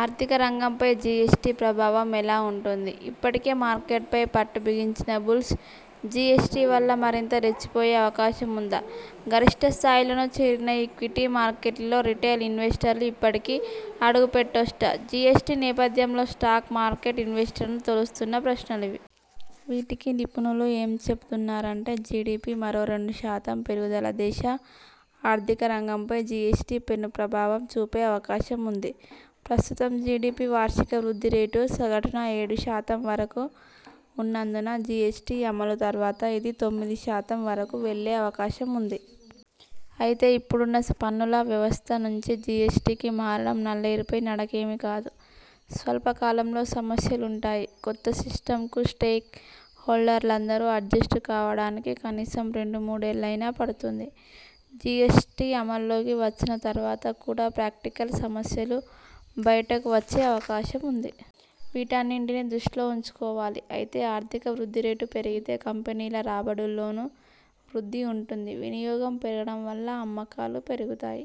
ఆర్థిక రంగంపై జిఎస్టి ప్రభావం ఎలా ఉంటుంది? ఇప్పటికే మార్కెట్ పై పట్టు బిగించిన బుల్స్ జిఎస్టి వల్ల మరింత రెచ్చిపోయే అవకాశం ఉందా? గరిష్ఠ స్థాయిలను చేరిన ఈక్విటీ మార్కెట్లలో రిటైల్ ఇన్వెస్టర్లు ఇప్పటికీ అడుగుపెట్టొచ్చా? జిఎస్టి నేపథ్యంలో స్టాక్ మార్కెట్ ఇన్వెస్టర్లను తొలుస్తున్న ప్రశ్నలివి. వీటికి నిపుణులు ఏం చెబుతున్నారంటే జిడిపి మరో రెండు శాతం పెరుగుదల దేశ ఆర్థిక రంగం పై జిఎ్సటి పెను ప్రభావం చూపే అవకాశం ఉంది. ప్రస్తుతం జిడిపి వార్షిక వృద్ధి రేటు సగటున ఏడు శాతం వరకు ఉన్నందున జిఎ్సటి అమలు తర్వాత ఇది తొమ్మిది శాతం వరకు వెళ్లే అవకాశం ఉంది. అయితే ఇప్పుడున్న పన్నుల వ్యవస్థ నుంచి జిఎ్సటి కి మారడం నల్లేరుపై నడకేమీ కాదు. స్వల్పకాలంలో సమస్యలుంటాయి. కొత్త సిస్టమ్కు స్టేక్ హోల్డర్లందరూ అడ్జెస్ట్ కావడానికి కనీసం రెండు మూడేళ్లయినా పడుతుంది. జిఎ్సటి అమల్లోకి వచ్చిన తర్వాత కూడా ప్రాక్టికల్ సమస్యలు బయటకు వచ్చే అవకాశం ఉంది. వీటన్నింటినీ దృష్టిలో ఉంచుకోవాలి. అయితే, ఆర్థిక వృద్ధి రేటు పెరిగితే కంపెనీల రాబడుల్లోనూ వృద్ధి ఉంటుంది. వినియోగం పెరగడం వల్ల అమ్మకాలు పెరుగుతాయి.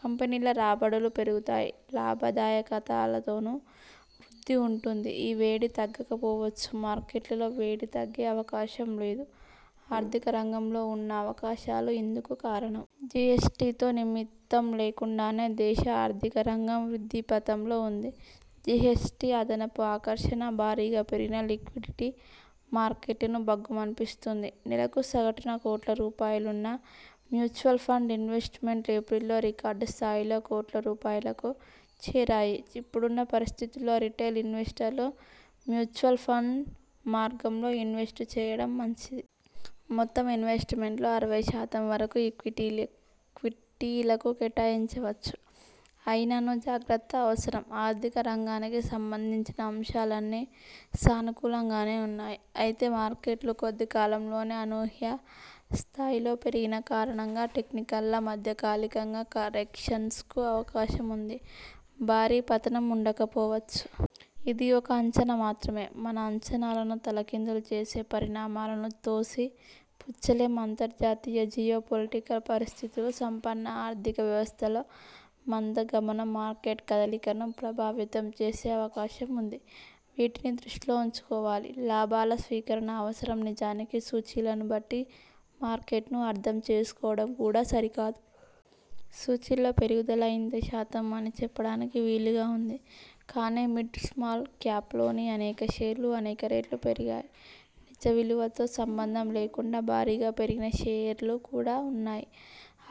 కంపెనీల రాబడులూ పెరుగుతాయి. లాభదాయకతాలోనూ వృద్ధి ఉంటుంది. ఈ వేడి తగ్గకపోవచ్చుమార్కెట్లలో వేడి తగ్గే అవకాశం లేదు. ఆర్థిక రంగంలో ఉన్న అవకాశాలు ఇందుకు కారణం. జిఎ్సటి తో నిమిత్తం లేకుండానే దేశ ఆర్థిక రంగం వృద్ధిపథంలో ఉంది. జిఎ్సటి అదనపు ఆకర్షణ. భారీగా పెరిగిన లిక్విడిటీ మార్కెట్లను భగ్గుమనిపిస్తోంది. నెలకు సగటున కోట్ల రూపాయలున్న మ్యూచువల్ ఫండ్ ఇన్వెస్ట్ మెంట్స్ ఏప్రిల్లో రికార్డు స్థాయిలో కోట్ల రూపాయలకు చేరాయి. ఇప్పుడున్న పరిస్థితుల్లో రిటైల్ ఇన్వెస్టర్లు మ్యూచువల్ ఫండ్ మార్గంలో ఇన్వెస్ట్ చేయడం మంచిది. మొత్తం ఇన్వెస్ట్ మెంట్లో అరవై శాతం వరకు ఈక్విటీలకు కేటాయించవచ్చు. అయిననూ జాగ్రత్త అవసరం ఆర్థిక రంగానికి సంబంధించిన అంశాలన్నీ సానుకూలంగానే ఉన్నాయి. అయితే మార్కెట్లు కొద్ది కాలంలోనే అనూహ్య స్థాయిలో పెరిగిన కారణంగా టెక్నికల్గా మధ్య కాలికంగా కరెక్షన్స్ కు అవకాశం ఉంది. భారీ పతనం ఉండక పోవచ్చు. ఇది ఒక అంచనా మాత్రమే. మన అంచనాలను తలకిందులు చేసే పరిణామాలను తోసి పుచ్చలేం. అంతర్జాతీయ జియో పొలిటికల్ పరిస్థితులు, సంపన్న ఆర్థిక వ్యవస్థల్లో మంద గమనం మార్కెట్ కదలికలను ప్రభావితం చేసే అవకాశం ఉంది. వీటిని దృష్టిలో ఉంచుకోవాలి. లాభాల స్వీకరణ అవసరం నిజానికి సూచీలను బట్టి మార్కెట్ను అర్ధం చేసుకోవడం కూడా సరికాదు. సూచీల్లో పెరుగుదల ఇంత శాతం అని చెప్పడానికి వీలుగా ఉంది. కానీ మిడ్, స్మాల్ క్యాప్లోని అనేక షేర్లు అనేక రెట్లు పెరిగాయి. నిజ విలువతో సంబంధం లేకుండా భారీగా పెరిగిన షేర్లు కూడా ఉన్నాయి.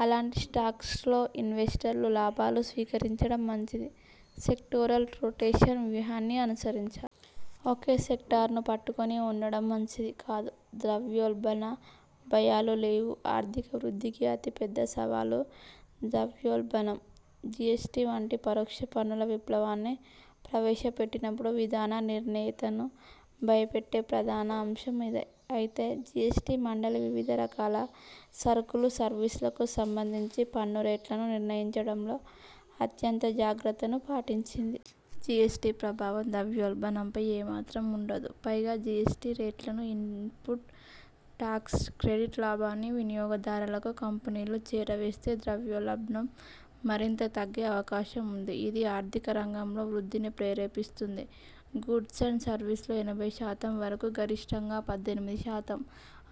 అలాంటి స్టాక్స్లో ఇన్వెస్టర్లు లాభాలు స్వీకరించడం మంచిది. సెక్టోరల్ రొటేషన్ వ్యూహాన్ని అనుసరించాలి. ఒకే సెక్టార్ను పట్టుకొని ఉండటం మంచిది కాదు. ద్రవ్యోల్బణ భయాలు లేవుఆర్థిక వృద్ధికి అతిపెద్ద సవాలు ద్రవ్యోల్బణం. జిఎ్సటి వంటి పరోక్ష పన్నుల విప్లవాన్ని ప్రవేశపెట్టినప్పుడు విధాన నిర్ణేతను భయపెట్టే ప్రధాన అంశం అదే. అయితే జిఎ్సటి మండలి వివిధ రకాల సరుకులు, సర్వీసులకు సంబంధించి పన్ను రేట్లను నిర్ణయించడంలో అత్యంత జాగ్రత్తను పాటించింది. జిఎ్సటి ప్రభావం ద్రవ్యోల్బణంపై ఏమాత్రం ఉండదు. పైగా జిఎ్సటి రేట్లనూ, ఇన్పుట్ టాక్స్ క్రెడిట్ లాభాన్ని వినియోగదారలకు కంపెనీలు చేరవేస్తే ద్రవ్యోల్బణం మరింత తగ్గే అవకాశం ఉంది. ఇది ఆర్థిక రంగంలో వృద్ధిని ప్రేరేపిస్తుంది. గూడ్స్ అండ్ సర్వీసుల్లో ఎనభై శాతం వరకు గరిష్ఠంగా పద్దెనిమిది శాతం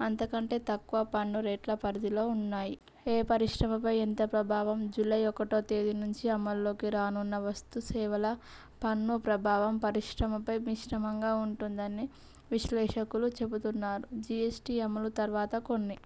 అంతకంటే తక్కువ పన్ను రేట్ల పరిధిలో ఉన్నాయి. ఏ పరిశ్రమపై ఎంత ప్రభావం? జూలై ఒకటో తేదీ నుంచి అమల్లోకి రానున్న వస్తు సేవల పన్ను ప్రభావం పరిశ్రమపై మిశ్రమంగా ఉంటుందని విశ్లేషకులు చెబుతున్నారు. జిఎ్సటి అమలు తర్వాత కొన్ని